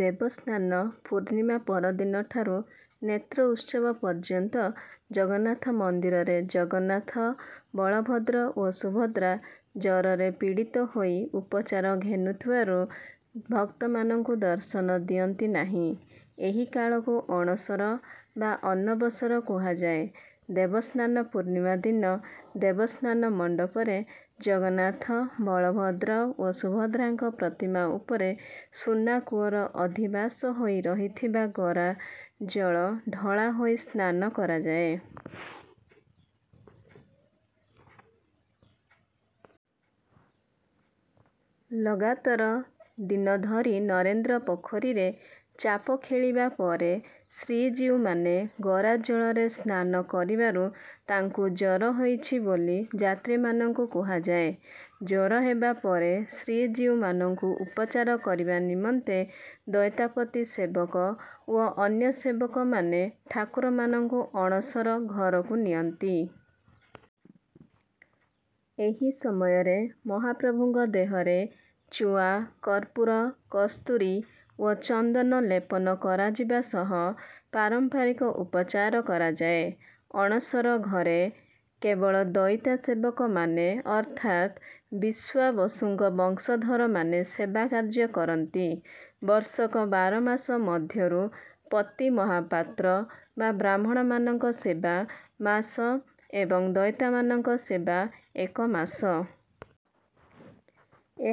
ଦେବସ୍ନାନ ପୂର୍ଣ୍ଣିମା ପରଦିନଠାରୁ ନେତ୍ରୋତ୍ସବ ପର୍ଯ୍ୟନ୍ତ ଜଗନ୍ନାଥ ମନ୍ଦିରରେ ଜଗନ୍ନାଥ, ବଳଭଦ୍ର ଓ ସୁଭଦ୍ରା ଜରରେ ପୀଡ଼ିତ ହୋଇ ଉପଚାର ଘେନୁଥିବାରୁ ଭକ୍ତମାନଙ୍କୁ ଦର୍ଶନ ଦିଅନ୍ତିନାହିଁ। ଏହି କାଳକୁ ଅଣସର ବା ଅନବସର କୁହାଯାଏ। ଦେବସ୍ନାନ ପୂର୍ଣ୍ଣିମା ଦିନ ଦେବସ୍ନାନ ମଣ୍ଡପରେ ଜଗନ୍ନାଥ, ବଳଭଦ୍ର, ଓ ସୁଭଦ୍ରାଙ୍କ ପ୍ରତିମା ଉପରେ ସୁନାକୂଅର ଅଧିବାସ ହୋଇ ରହିଥିବା ଗରା ଜଳ ଢଳାହୋଇ ସ୍ନାନ କରାଯାଏ। ଲଗାତର ଦିନ ଧରି ନରେନ୍ଦ୍ର ପୋଖରୀରେ ଚାପଖେଳିବା ପରେ ଶ୍ରୀଜୀଉମାନେ ଗରା ଜଳରେ ସ୍ନାନ କରିବାରୁ ତାଙ୍କୁ ଜ୍ୱର ହୋଇଛି ବୋଲି ଯାତ୍ରୀମାନଙ୍କୁ କୁହାଯାଏ। ଜ୍ୱର ହେବାପରେ ଶ୍ରୀଜୀଉମାନଙ୍କୁ ଉପଚାର କରିବା ନିମନ୍ତେ ଦଇତାପତି ସେବକ ଓ ଅନ୍ୟ ସେବକମାନେ ଠାକୁରମାନଙ୍କୁ ଅଣସର ଘରକୁ ନିଅନ୍ତି। ଏହି ସମୟରେ ମହାପ୍ରଭୁଙ୍କ ଦେହରେ ଚୁଆ, କର୍ପୁର, କସ୍ତୁରୀ ଓ ଚନ୍ଦନ ଲେପନ କରାଯିବା ସହ ପାରମ୍ପାରିକ ଉପଚାର କରାଯାଏ। ଅଣସର ଘରେ କେବଳ ଦଇତା ସେବକମାନେ ଅର୍ଥାତ ବିଶ୍ୱାବସୁଙ୍କ ବଂଶଧରମାନେ ସେବାକାର୍ଯ୍ୟ କରନ୍ତି। ବର୍ଷକ ବାର ମାସ ମଧ୍ୟରୁ ପତି ମହାପାତ୍ର ବା ବ୍ରାହ୍ମଣମାନଙ୍କ ସେବା ମାସ ଏବଂ ଦଇତାମାନଙ୍କ ସେବା ଏକ ମାସ।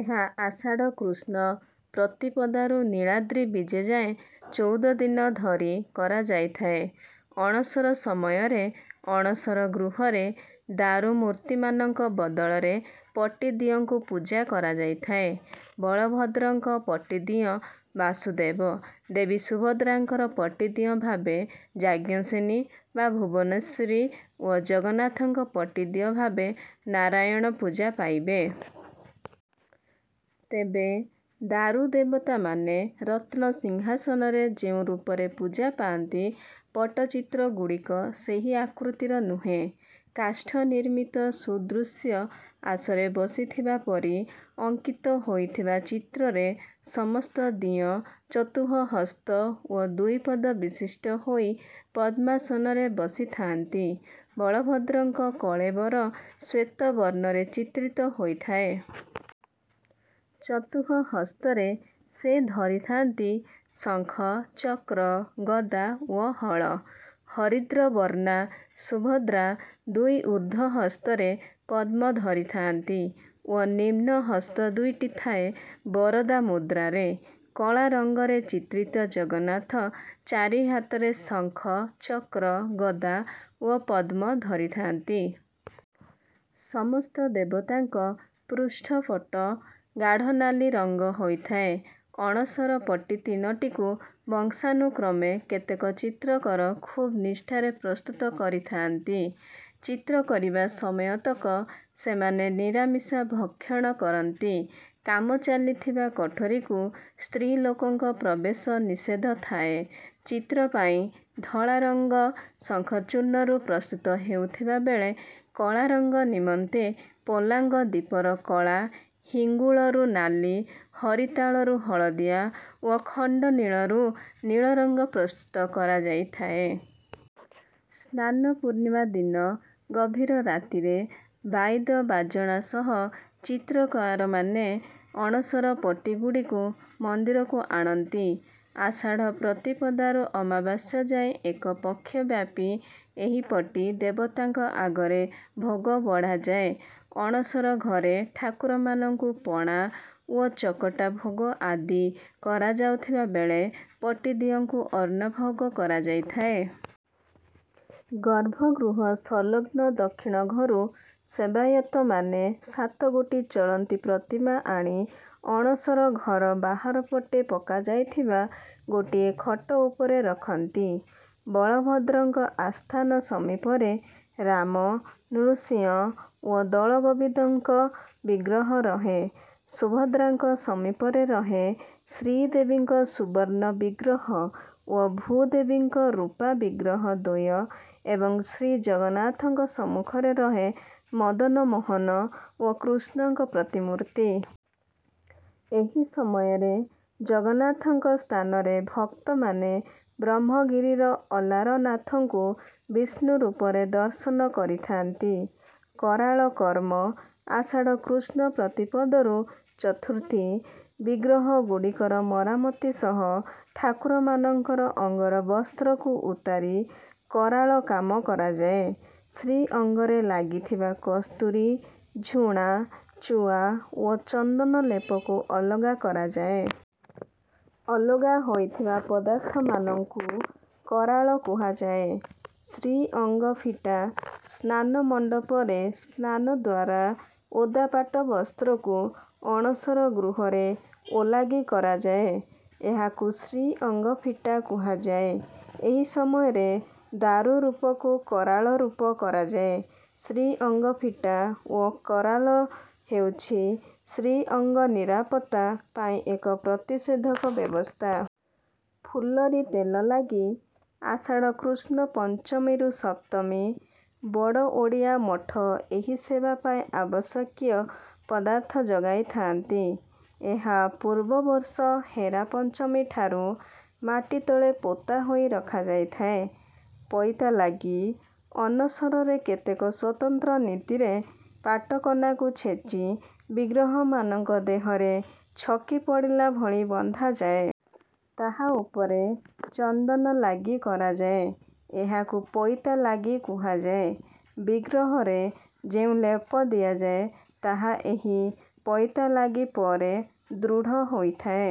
ଏହା ଆଷାଢ଼ କୃଷ୍ଣ ପ୍ରତିପଦାରୁ ନୀଳାଦ୍ରୀ ବିଜେ ଯାଏଁ ଚଉଦଦିନ ଧରି କରାଯାଇଥାଏ। ଅଣସର ସମୟରେ ଅଣସର ଗୃହରେ ଦାରୁ ମୂର୍ତ୍ତିମାନଙ୍କ ବଦଳରେ ପଟିଦିଅଁଙ୍କୁ ପୂଜା କରାଯାଇଥାଏ। ବଳଭଦ୍ରଙ୍କ ପଟିଦିଅଁ ବାସୁଦେବ, ଦେବୀ ସୁଭଦ୍ରାଙ୍କର ପଟିଦିଅଁ ଭାବେ ଯାଜ୍ଞସେନୀ ବା ଭୁବନେଶ୍ୱରୀ ଓ ଜଗନ୍ନାଥଙ୍କ ପଟିଦିଅଁ ଭାବେ ନାରାୟଣ ପୂଜା ପାଇବେ। ତେବେ ଦାରୁ ଦେବତାମାନେ ରତ୍ନ ସିଂହାସନରେ ଯେଉଁ ରୂପରେ ପୂଜା ପାଆନ୍ତି ପଟ୍ଟଚିତ୍ର ଗୁଡ଼ିକ ସେହି ଆକୃତିର ନୁହେଁ। କାଷ୍ଠ ନିର୍ମିତ ସୁଦୃଶ୍ୟ ଆସରେ ବସିଥିବା ପରି ଅଙ୍କିତ ହୋଇଥିବା ଚିତ୍ରରେ ସମସ୍ତ ଦିଅଁ ଚତୁଃହସ୍ତ ଓ ଦୁଇପଦ ବିଶିଷ୍ଟ ହୋଇ ପଦ୍ମାସନରେ ବସିଥାଆନ୍ତି। ବଳଭଦ୍ରଙ୍କ କଳେବର ଶ୍ୱେତବର୍ଣ୍ଣରେ ଚିତ୍ରିତ ହେଇଥାଏ। ଚତୁଃହସ୍ତରେ ସେ ଧରିଥାଆନ୍ତି ଶଙ୍ଖ, ଚକ୍ର, ଗଦା ଓ ହଳ। ହରିଦ୍ର ବର୍ଣ୍ଣା ସୁଭଦ୍ରା ଦୁଇ ଉର୍ଦ୍ଧ୍ୱ ହସ୍ତରେ ପଦ୍ମ ଧରିଥାଆନ୍ତି ଓ ନିମ୍ନ ହସ୍ତ ଦୁଇଟି ଥାଏ ବରଦା ମୁଦ୍ରାରେ। କଳା ରଙ୍ଗରେ ଚିତ୍ରିତ ଜଗନ୍ନାଥ ଚାରିହାତରେ ଶଙ୍ଖ, ଚକ୍ର, ଗଦା ଓ ପଦ୍ମ ଧରିଥାଆନ୍ତି। ସମସ୍ତ ଦେବତାଙ୍କ ପୃଷ୍ଠପଟ୍ଟ ଗାଢ଼ନାଲି ରଙ୍ଗ ହେଇଥାଏ। ଅଣସର ପଟି ତିନୋଟିକୁ ବଂଶାନୁକ୍ରମେ କେତେକ ଚିତ୍ରକର ଖୁବ ନିଷ୍ଠାରେ ପ୍ରସ୍ତୁତ କରିଥାଆନ୍ତି। ଚିତ୍ର କରିବା ସମୟତକ ସେମାନେ ନିରାମିଷା ଭକ୍ଷଣ କରନ୍ତି। କାମ ଚାଲିଥିବା କୋଠରୀକୁ ସ୍ତ୍ରୀ ଲୋକଙ୍କ ପ୍ରବେଶ ନିଷେଧ ଥାଏ। ଚିତ୍ର ପାଇଁ ଧଳାରଙ୍ଗ ଶଙ୍ଖଚୂର୍ଣ୍ଣ ରୁ ପ୍ରସ୍ତୁତ ହେଉଥିବା ବେଳେ, କଳାରଙ୍ଗ ନିମନ୍ତେ ପୋଲାଙ୍ଗ ଦୀପର କଳା, ହିଙ୍ଗୁଳରୁ ନାଲି, ହରିତାଳରୁ ହଳଦିଆ ଓ ଖଣ୍ଡନୀଳରୁ ନୀଳ ରଙ୍ଗ ପ୍ରସ୍ତୁତ କରାଯାଇଥାଏ। ସ୍ନାନ ପୂର୍ଣ୍ଣିମା ଦିନ ଗଭୀର ରାତିରେ, ବାଇଦ ବାଜଣା ସହ ଚିତ୍ରକାରମାନେ ଅଣସର ପଟ୍ଟିଗୁଡ଼ିକୁ ମନ୍ଦିରକୁ ଆଣନ୍ତି। ଆଷାଢ଼ ପ୍ରତିପଦାରୁ ଅମାବାସ୍ୟା ଯାଏଁ ଏକ ପକ୍ଷ ବ୍ୟାପି ଏହି ପଟି ଦେବତାଙ୍କ ଆଗରେ ଭୋଗ ବଢ଼ାଯାଏ। ଅଣସର ଘରେ ଠାକୁରମାନଙ୍କୁ ପଣା ଓ ଚକଟା ଭୋଗ ଆଦି କରାଯାଉଥିବା ବେଳେ ପଟିଦିଅଁଙ୍କୁ ଅନ୍ନଭୋଗ କରାଯାଇଥାଏ। ଗର୍ଭଗୃହ ସଂଲଗ୍ନ ଦକ୍ଷିଣ ଘରୁ ସେବାୟତମାନେ ସାତଗୋଟି ଚଳନ୍ତି ପ୍ରତିମା ଆଣି ଅଣସର ଘର ବାହାରପଟେ ପକାଯାଇଥିବା ଗୋଟିଏ ଖଟ ଉପରେ ରଖନ୍ତି। ବଳଭଦ୍ରଙ୍କ ଆସ୍ଥାନ ସମୀପରେ ରାମ, ନୃସିଂହ ଓ ଦୋଳଗୋବିନ୍ଦଙ୍କ ବିଗ୍ରହ ରହେ, ସୁଭଦ୍ରାଙ୍କ ସମୀପରେ ରହେ ଶ୍ରୀଦେବୀ ଙ୍କ ସୁବର୍ଣ୍ଣ ବିଗ୍ରହ ଓ ଭୂଦେବୀ ଙ୍କ ରୂପା ବିଗ୍ରହ ଦ୍ୱୟ ଏବଂ ଶ୍ରୀଜଗନ୍ନାଥଙ୍କ ସମ୍ମୁଖରେ ରହେ ମଦନମୋହନ ଓ କୃଷ୍ଣଙ୍କ ପ୍ରତିମୂର୍ତ୍ତି। ଏହି ସମୟରେ ଜଗନ୍ନାଥଙ୍କ ସ୍ଥାନରେ ଭକ୍ତମାନେ ବ୍ରହ୍ମଗିରିର ଅଲାରନାଥଙ୍କୁ ବିଷ୍ଣୁରୂପରେ ଦର୍ଶନ କରିଥାନ୍ତି। କରାଳ କର୍ମ: ଆଷାଢ଼ କୃଷ୍ଣ ପ୍ରତିପଦରୁ ଚତୁର୍ଥୀ: ବିଗ୍ରହ ଗୁଡିକର ମରାମତି ସହ ଠାକୁରମାନଙ୍କର ଅଙ୍ଗର ବସ୍ତ୍ରକୁ ଉତାରି କରାଳକାମ କରାଯାଏ। ଶ୍ରୀଅଙ୍ଗରେ ଲାଗିଥିବା କସ୍ତୁରୀ, ଝୁଣା, ଚୁଆ, ଓ ଚନ୍ଦନ ଲେପକୁ ଅଲଗା କରାଯାଏ। ଅଲଗା ହୋଇଥିବା ପଦାର୍ଥମାନଙ୍କୁ "କରାଳ" କୁହାଯାଏ। ଶ୍ରୀଅଙ୍ଗ ଫିଟା: ସ୍ନାନମଣ୍ଡପରେ ସ୍ନାନଦ୍ୱାରା ଓଦା ପାଟ ବସ୍ତ୍ରକୁ ଅଣସର ଗୃହରେ ଓଲାଗି କରାଯାଏ। ଏହାକୁ ଶ୍ରୀଅଙ୍ଗ ଫିଟା କୁହାଯାଏ। ଏହି ସମୟରେ ଦାରୁ ରୂପକୁ କରାଳ ରୂପ କରାଯାଏ। ଶ୍ରୀଅଙ୍ଗ ଫିଟା ଓ କରାଲ ହେଉଛି ଶ୍ରୀଅଙ୍ଗ ନିରାପତ୍ତା ପାଇଁ ଏକ ପ୍ରତିଷେଧକ ବ୍ୟବସ୍ଥା। ଫୁଲରି ତେଲ ଲାଗି: ଆଷାଢ଼ କୃଷ୍ଣ ପଞ୍ଚମୀରୁ ସପ୍ତମୀ: ବଡ଼ ଓଡ଼ିଆ ମଠ ଏହି ସେବା ପାଇଁ ଆବଶ୍ୟକୀୟ ପଦାର୍ଥ ଯୋଗାଇଥାଆନ୍ତି। ଏହା ପୂର୍ବ ବର୍ଷ ହେରା ପଞ୍ଚମୀଠାରୁ ମାଟି ତଳେ ପୋତା ହୋଇ ରଖାଯାଇଥାଏ। ପଇତା ଲାଗି: ଅନସରରେ କେତେକ ସ୍ୱତନ୍ତ୍ର ନୀତିରେ ପାଟକନାକୁ ଛେଚି ବିଗ୍ରହମାନଙ୍କ ଦେହରେ ଛକି ପଡିଲା ଭଳି ବନ୍ଧାଯାଏ। ତାହା ଉପରେ ଚନ୍ଦନ ଲାଗି କରାଯାଏ। ଏହାକୁ ପଇତା ଲାଗି କୁହାଯାଏ। ବିଗ୍ରହରେ ଯେଉଁ ଲେପ ଦିଆଯାଏ ତାହା ଏହି ପଇତା ଲାଗି ପରେ ଦୃଢ଼ ହୋଇଥାଏ।